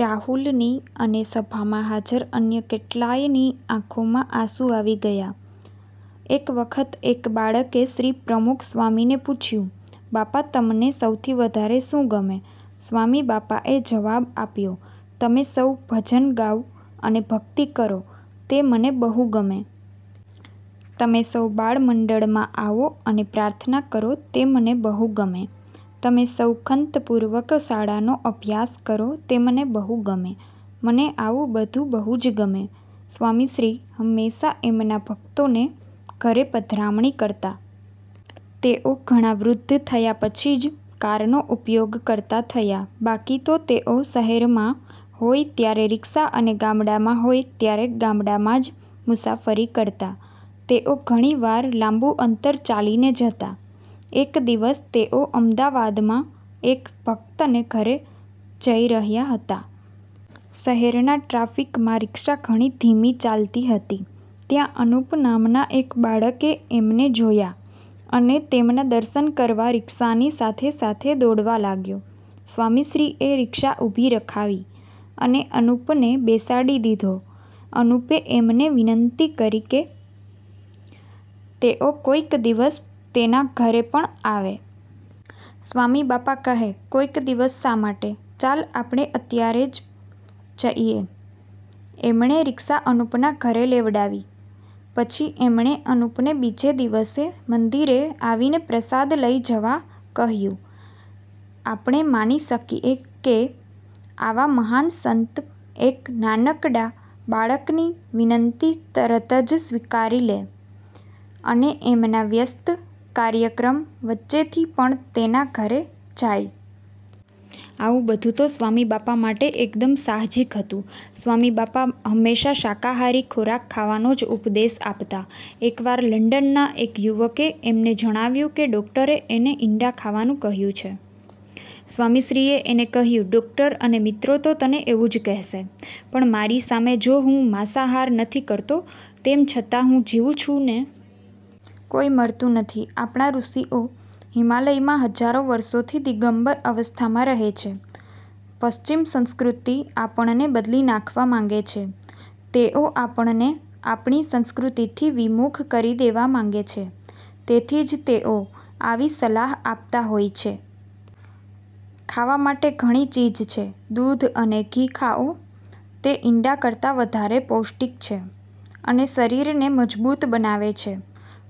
રાહુલની અને સભામાં હાજર અન્ય કેટલાયની આંખોમાં આંસુ આવી ગયા. એક વખત એક બાળકે શ્રી. પ્રમુખ સ્વામીને પૂછ્યું, "બાપા, તમને સૌથી વધારે શું ગમે? સ્વામી બાપાએ જવાબ આપ્યો,"તમે સૌ ભજન ગાવ અને ભક્તિ કરો, તે મને બહુ ગમે. તમે સૌ બાળમંડળમાં આવો અને પ્રાર્થના કરો, તે મને બહુ ગમે. તમે સૌ ખંતપૂર્વક શાળાનો અભ્યાસ કરો, તે મને બહુ ગમે. મને આવું બધું બહુ જ ગમે." સ્વામીશ્રી હંમેશા એમના ભક્તોને ઘરે પધરામણી કરતા. તેઓ ઘણા વૃદ્ધ થયા પછી જ કારનો ઉપયોગ કરતા થયા. બાકી તો તેઓ શહેરમાં હોય ત્યારે રીક્ષા, અને ગામડામાં હોય ત્યારે ગાડામાં જ મુસાફરી કરતા. તેઓ ઘણી વાર લાબું અંતર ચાલીને જતા. એક દિવસ તેઓ અમદાવાદમાં એક ભક્તને ઘરે જઈ રહ્યા હતા. શહેરના ટ્રાફિકમાં રીક્ષા ઘણી ધીમી ચાલતી હતી. ત્યાં અનુપ નામના એક બાળકે એમને જોયા અને તેમના દર્શન કરવા રીક્ષાની સાથે-સાથે દોડવા લાગ્યો. સ્વામીશ્રીએ રીક્ષા ઉભી રખાવી અને અનુપને બેસાડી દીધો. અનુપે એમને વિનંતી કરી કે તેઓ કોઈક દિવસ તેના ઘરે પણ આવે. સ્વામીબાપા કહે, "કોઈક દિવસ શા માટે? ચાલ, આપણે અત્યારે જ જઇએ!" એમણે રીક્ષા અનુપના ઘરે લેવડાવી. પછી એમણે અનુપને બીજે દિવસે મંદિરે આવીને પ્રસાદ લઇ જવા કહ્યું. આપણે માની શકીએ કે આવા મહાન સંત એક નાનકડા બાળકની વિનંતી તરત જ સ્વીકારી લે, અને એમના વ્યસ્ત કાર્યક્રમ વચ્ચેથી પણ તેના ઘરે જાય? આવું બધું તો સ્વામીબાપા માટે એકદમ સાહજિક હતું! સ્વામીબાપા હંમેશા શાકાહારી ખોરાક ખાવાનો જ ઉપદેશ આપતા. એક વાર લંડનના એક યુવકે એમને જણાવ્યું કે ડોક્ટરે એને ઈંડાં ખાવાનું કહ્યું છે. સ્વામીશ્રીએ એને કહ્યું, "ડોકટર અને મિત્રો તો તને એવું જ કહેશે, પણ મારી સામે જો, હું માંસાહાર નથી કરતો તેમ છતાં હું જીવું છું ને? કોઈ મરતું નથી. આપણા ઋષિઓ હિમાલયમાં હજારો વર્ષોથી દિગંબર અવસ્થામાં રહે છે. પશ્ચિમ સંસ્કૃતિ આપણને બદલી નાખવા માંગે છે. તેઓ આપણને આપણી સંસ્કૃતિથી વિમુખ કરી દેવા માંગે છે. તેથી જ તેઓ આવી સલાહ આપતા હોય છે. ખાવા માટે ઘણી ચીજ છે. દૂધ અને ઘી ખાઓ, તે ઈંડાં કરતાં વધારે પૌષ્ટિક છે, અને શરીરને મજબૂત બનાવે છે.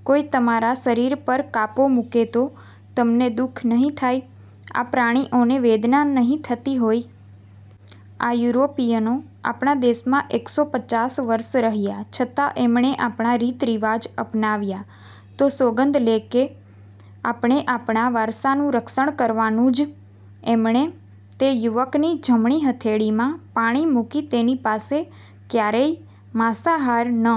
કોઈ તમારા શરીર પર કાપો મૂકે તો તમને દુઃખ નહીં થાય? આ પ્રાણીઓને વેદના નહીં થતી હોય? આ યુરોપિયનો આપણા દેશમાં એકસો પચાસ વર્ષ રહ્યા, છતાં એમણે આપણા રીત રિવાજ અપનાવ્યા? તો સોગંદ લે કે આપણે આપણા વારસાનું રક્ષણ કરવાનું જ, એમણે તે યુવકની જમણી હથેળીમાં પાણી મૂકી તેની પાસે ક્યારેય માંસાહાર ન